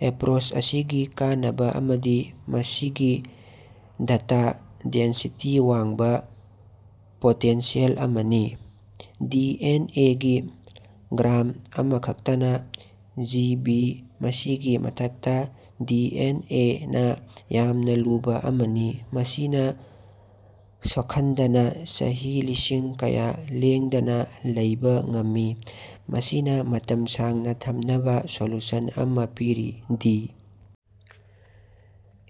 Approach ꯑꯁꯤꯒꯤ ꯀꯥꯟꯅꯕ ꯑꯃꯗꯤ ꯃꯁꯤꯒꯤ ꯗꯇꯥ ꯗꯦꯟꯁꯤꯇꯤ ꯋꯥꯡꯕ ꯄꯣꯇꯦꯟꯁꯤꯌꯦꯜ ꯑꯁꯤꯅꯤ꯫ ꯗꯤ. ꯑꯦꯟ. ꯑꯦ. ꯒꯤ ꯒ꯭ꯔꯥꯝ ꯑꯃꯈꯛꯇꯅꯥ ꯖꯤ. ꯕꯤ. ꯃꯁꯤꯒꯤ ꯃꯊꯛꯇꯥ, ꯗꯤ. ꯑꯦꯟ. ꯑꯦ. ꯅꯥ ꯌꯥꯝꯅ ꯂꯨꯕꯥ ꯑꯃꯅꯤ, ꯃꯁꯤꯅ ꯁꯣꯈꯟꯗꯅꯥ ꯆꯍꯤ ꯂꯤꯁꯤꯡ ꯀꯌꯥ ꯂꯦꯡꯗꯅꯥ ꯂꯩꯕꯥ ꯉꯝꯃꯤ, ꯃꯁꯤꯅꯥ ꯃꯇꯝ ꯁꯥꯡꯅꯥ ꯊꯝꯅꯕꯥ ꯁꯣꯂꯨꯁꯟ ꯑꯃꯥ ꯄꯤꯔꯤ꯫ ꯗꯤ.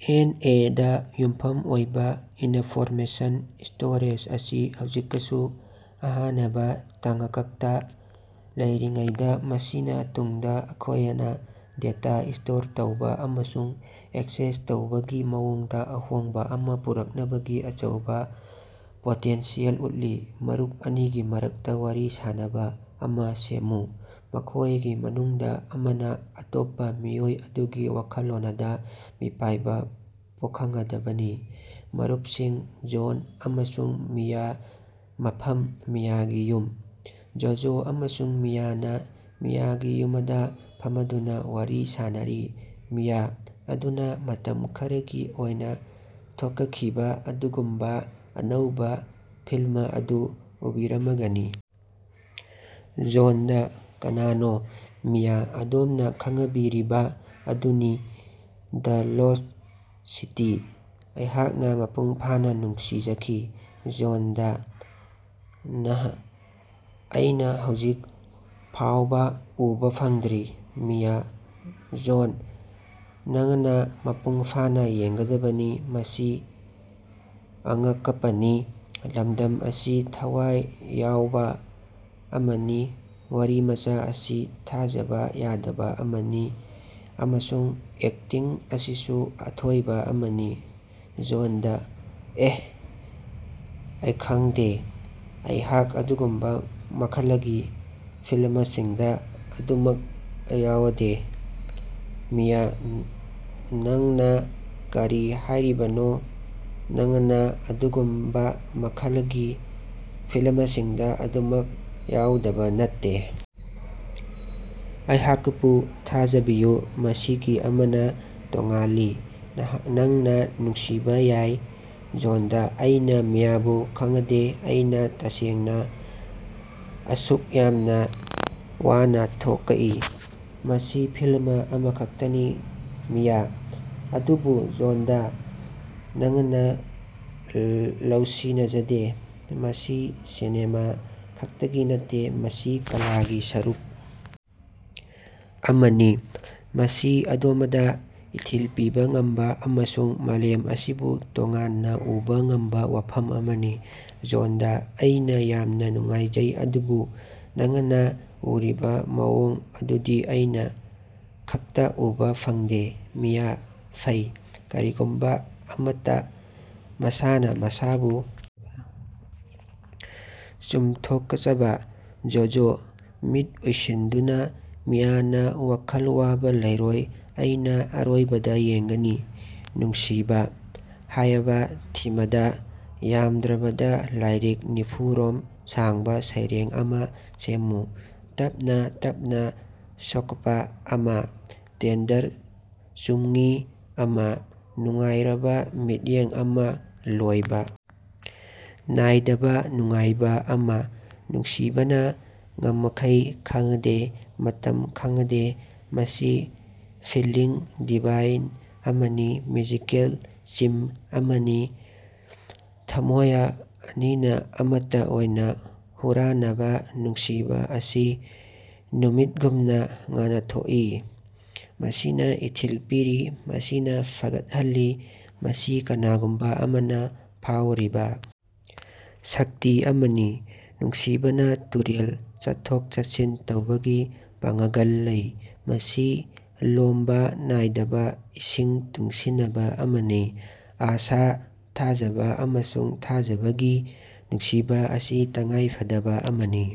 ꯑꯦꯟ. ꯑꯦ. ꯗꯥ ꯌꯨꯝꯐꯝ ꯑꯣꯏꯕꯥ ꯏꯅꯐꯣꯔꯃꯦꯁꯟ ꯁ꯭ꯇꯣꯔꯦꯖ ꯑꯁꯤ ꯍꯧꯖꯤꯀꯁꯨ ꯑꯍꯥꯅꯕꯥ ꯇꯥꯉ꯭ꯀꯛꯇꯥ ꯂꯩꯔꯤꯉꯩꯗꯥ, ꯃꯁꯤꯅꯥ ꯇꯨꯡꯗꯥ ꯑꯩꯈꯣꯌꯅꯥ ꯗꯦꯇꯥ ꯁ꯭ꯇꯣꯔ ꯇꯧꯕꯥ ꯑꯃꯁꯨꯡ ꯑꯦꯛꯁꯦꯁ ꯇꯧꯕꯒꯤ ꯃꯑꯣꯡꯗꯥ ꯑꯍꯣꯡꯕꯥ ꯑꯃꯥ ꯄꯨꯔꯛꯅꯕꯒꯤ ꯑꯆꯧꯕꯥ ꯄꯣꯇꯦꯟꯁꯤꯌꯦꯜ ꯎꯠꯂꯤ꯫ ꯃꯔꯨꯞ ꯑꯅꯤꯒꯤ ꯃꯔꯛꯇꯥ ꯋꯥꯔꯤ ꯁꯥꯅꯕꯥ ꯑꯃꯥ ꯁꯦꯝꯃꯨ, ꯃꯈꯣꯌꯒꯤ ꯃꯅꯨꯡꯗꯥ ꯑꯃꯅꯥ ꯑꯇꯣꯞꯄꯥ ꯃꯤꯑꯣꯏ ꯑꯗꯨꯒꯤ ꯋꯥꯈꯜꯂꯣꯅꯗꯥ ꯃꯤꯄꯥꯏꯕꯥ ꯄꯣꯈꯉꯗꯕꯅꯤ꯫ ꯃꯔꯨꯄꯁꯤꯡ ꯖꯣꯟ ꯑꯃꯁꯨꯡ ꯃꯤꯌꯥ ꯃꯐꯝ ꯃꯤꯌꯥꯒꯤ ꯌꯨꯝ꯫ ꯖꯣꯖꯣ ꯑꯃꯁꯨꯡ ꯃꯤꯌꯥꯅꯥ ꯃꯤꯌꯥꯒꯤ ꯌꯨꯃꯗꯥ ꯐꯃꯗꯨꯅꯥ ꯋꯥꯔꯤ ꯁꯥꯟꯅꯔꯤ꯫ ꯃꯤꯌꯥ: ꯑꯗꯨꯅꯥ, ꯃꯇꯝ ꯈꯔꯒꯤ ꯑꯣꯏꯅꯥ ꯊꯣꯀꯈꯤꯕꯥ ꯑꯗꯨꯒꯨꯝꯕꯥ ꯑꯅꯧꯕꯥ ꯐꯤꯜꯃ ꯑꯗꯨ ꯎꯕꯤꯔꯃꯒꯅꯤ? ꯖꯣꯟꯗꯥ: ꯀꯅꯥꯅꯣ? ꯃꯤꯌꯥ: ꯑꯗꯣꯝꯅꯥ ꯈꯉꯕꯤꯔꯤꯕꯥ ꯑꯗꯨꯅꯤ, ꯗ ꯂꯣꯁ꯭ꯠ ꯁꯤꯇꯤ꯫ ꯑꯩꯍꯥꯛꯅꯥ ꯃꯄꯨꯡ ꯐꯥꯅꯥ ꯅꯨꯡꯁꯤꯖꯈꯤ꯫ ꯖꯣꯟꯗꯥ: ꯅꯍ, ꯑꯩꯅꯥ ꯍꯧꯖꯤꯛ ꯐꯥꯑꯣꯕꯥ ꯎꯕꯥ ꯐꯪꯗ꯭ꯔꯤ꯫ ꯃꯤꯌꯥ: ꯖꯣꯟ, ꯅꯉꯅꯥ ꯃꯄꯨꯡ ꯐꯥꯅꯥ ꯌꯦꯡꯒꯗꯕꯅꯤ꯫ ꯃꯁꯤ ꯑꯉꯀꯄꯅꯤ꯫ ꯂꯃꯗꯝ ꯑꯁꯤ ꯊꯋꯥꯏ ꯌꯥꯑꯣꯕꯥ ꯑꯃꯅꯤ, ꯋꯥꯔꯤꯃꯆꯥ ꯑꯁꯤ ꯊꯥꯖꯕꯥ ꯌꯥꯗꯕꯥ ꯑꯃꯅꯤ, ꯑꯃꯁꯨꯡ ꯑꯦꯛꯇꯤꯡ ꯑꯁꯤꯁꯨ ꯑꯊꯣꯏꯕꯥ ꯑꯃꯅꯤ꯫ ꯖꯣꯟꯗꯥ: ꯑꯦꯍ, ꯑꯩ ꯈꯉꯗꯦ꯫ ꯑꯩꯍꯥꯛ ꯑꯗꯨꯒꯨꯝꯕꯥ ꯃꯈꯂꯒꯤ ꯐꯤꯜꯃꯁꯤꯡꯗꯥ ꯑꯗꯨꯃꯛ ꯌꯥꯑꯣꯗꯦ꯫ ꯃꯤꯌꯥ: ꯅꯉꯅꯥ ꯀꯔꯤ ꯍꯥꯌꯔꯤꯕꯅꯣ ꯅꯉꯅꯥ ꯑꯗꯨꯒꯨꯝꯕꯥ ꯃꯈꯂꯒꯤ ꯐꯤꯜꯃꯁꯤꯡꯗꯥ ꯑꯗꯨꯃꯛ ꯌꯥꯑꯣꯗꯕꯥ ꯅꯠꯇꯦ? ꯑꯩꯍꯥꯀꯄꯨ ꯊꯥꯖꯕꯤꯌꯨ, ꯃꯁꯤꯒꯤ ꯑꯃꯅꯥ ꯇꯣꯉꯥꯜꯂꯤ꯫ ꯅꯉꯅꯥ ꯅꯨꯡꯁꯤꯕꯥ ꯌꯥꯏ꯫ ꯖꯣꯟꯗꯥ: ꯑꯩꯅꯥ ꯃꯤꯌꯥꯕꯨ ꯈꯉꯗꯦ, ꯑꯩꯅꯥ ꯇꯁꯦꯡꯅꯥ ꯑꯁꯨꯛ ꯌꯥꯝꯅꯥ ꯋꯥꯅꯥ ꯊꯣꯀꯏ꯫ ꯃꯁꯤ ꯐꯤꯜꯃ ꯑꯃꯈꯛꯇꯅꯤ꯫ ꯃꯤꯌꯥ: ꯑꯗꯨꯕꯨ ꯖꯣꯟꯗꯥ, ꯅꯉꯅꯥ ꯂꯧꯁꯤꯅꯖꯗꯦ꯫ ꯃꯁꯤ ꯁꯤꯅꯦꯃꯥ ꯈꯛꯇꯒꯤ ꯅꯠꯇꯦ꯫ ꯃꯁꯤ ꯀꯂꯥꯒꯤ ꯁꯔꯨꯛ ꯑꯃꯅꯤ꯫ ꯃꯁꯤ ꯑꯗꯣꯃꯗꯥ ꯏꯊꯤꯜ ꯄꯤꯕꯥ ꯉꯝꯕꯥ ꯑꯃꯁꯨꯡ ꯃꯥꯂꯦꯝ ꯑꯁꯤꯕꯨ ꯇꯣꯉꯥꯟꯅꯥ ꯎꯕꯥ ꯉꯝꯕꯥ ꯋꯥꯐꯝ ꯑꯃꯅꯤ꯫ ꯖꯣꯟꯗꯥ: ꯑꯩꯅꯥ ꯌꯥꯝꯅꯥ ꯅꯨꯡꯉꯥꯏꯖꯩ, ꯑꯗꯨꯕꯨ ꯅꯉꯅꯥ ꯎꯔꯤꯕꯥ ꯃꯑꯣꯡ ꯑꯗꯨꯗꯤ ꯑꯩꯅꯥ ꯈꯛꯇꯥ ꯎꯕꯥ ꯐꯪꯗꯦ꯫ ꯃꯤꯌꯥ ꯐꯩ, ꯀꯔꯤꯒꯨꯝꯕꯥ ꯑꯃꯠꯇꯥ꯫ ꯃꯁꯥꯅꯥ ꯃꯁꯥꯕꯨ ꯆꯨꯃꯊꯣꯀꯆꯕꯥ꯫ ꯖꯣꯖꯣ (ꯃꯤꯠ ꯎꯏꯁꯤꯟꯗꯨꯅꯥ) ꯃꯤꯌꯥꯅꯥ ꯋꯥꯈꯜ ꯋꯥꯕꯥ ꯂꯩꯔꯣꯏ, ꯑꯩꯅꯥ ꯑꯔꯣꯏꯕꯗꯥ ꯌꯦꯡꯒꯅꯤ꯫ 'ꯅꯨꯡꯁꯤꯕꯥ' ꯍꯥꯌꯕꯥ ꯊꯤꯃꯗꯥ ꯌꯥꯃꯗ꯭ꯔꯕꯗꯥ ꯂꯥꯏꯔꯤꯛ ꯅꯤꯐꯨ ꯔꯣꯝ ꯁꯥꯡꯕꯥ ꯁꯩꯔꯦꯡ ꯑꯃꯥ ꯁꯦꯃꯃꯨ꯫ ꯇꯞꯅꯥ ꯇꯞꯅꯥ ꯁꯣꯀꯄꯥ ꯑꯃꯥ, ꯇꯦꯟꯗꯔ ꯆꯨꯝꯉꯤ ꯑꯃꯥ, ꯅꯨꯡꯉꯥꯏꯔꯕꯥ ꯃꯤꯠꯌꯦꯡ ꯑꯃꯥ, ꯂꯣꯏꯕꯥ ꯅꯥꯏꯗꯕꯥ ꯅꯨꯡꯉꯥꯏꯕꯥ ꯑꯃꯥ, ꯅꯨꯡꯁꯤꯕꯅꯥ ꯉꯃꯈꯩ ꯈꯉꯗꯦ, ꯃꯇꯝ ꯈꯉꯗꯦ, ꯃꯁꯤ ꯐꯤꯜꯂꯤꯡ ꯗꯤꯚꯥꯏꯟ ꯑꯃꯅꯤ, ꯃꯦꯖꯤꯀꯦꯜ ꯆꯤꯝ ꯑꯃꯅꯤ꯫ ꯊꯝꯃꯣꯌ ꯑꯅꯤꯅꯥ ꯑꯃꯠꯇꯥ ꯑꯣꯏꯅꯥ ꯍꯨꯔꯥꯅꯕꯥ, ꯅꯨꯡꯁꯤꯕꯥ ꯑꯁꯤ ꯅꯨꯃꯤꯠꯒꯨꯝꯅꯥ ꯉꯥꯅꯊꯣꯀꯏ, ꯃꯁꯤꯅꯥ ꯏꯊꯤꯜ ꯄꯤꯔꯤ, ꯃꯁꯤꯅꯥ ꯐꯒꯠꯍꯜꯂꯤ, ꯃꯁꯤ ꯀꯅꯥꯒꯨꯝꯕꯥ ꯑꯃꯅꯥ ꯐꯥꯑꯣꯔꯤꯕꯥ ꯁꯛꯇꯤ ꯑꯃꯅꯤ꯫ ꯅꯨꯡꯁꯤꯕꯅꯥ ꯇꯨꯔꯦꯜ ꯆꯠꯊꯣꯛ-ꯆꯠꯁꯤꯟ ꯇꯧꯕꯒꯤ ꯄꯥꯉ꯭ꯒꯜ ꯂꯩ, ꯃꯁꯤ ꯂꯣꯝꯕꯥ ꯅꯥꯏꯗꯕꯥ ꯏꯁꯤꯡ ꯇꯨꯡꯁꯤꯅꯕꯥ ꯑꯃꯅꯤ, ꯑꯥꯁꯥ, ꯊꯥꯖꯕꯥ, ꯑꯃꯁꯨꯡ ꯊꯥꯖꯕꯒꯤ, ꯅꯨꯡꯁꯤꯕꯥ ꯑꯁꯤ ꯇꯉꯥꯏꯐꯗꯕꯥ ꯑꯃꯅꯤ꯫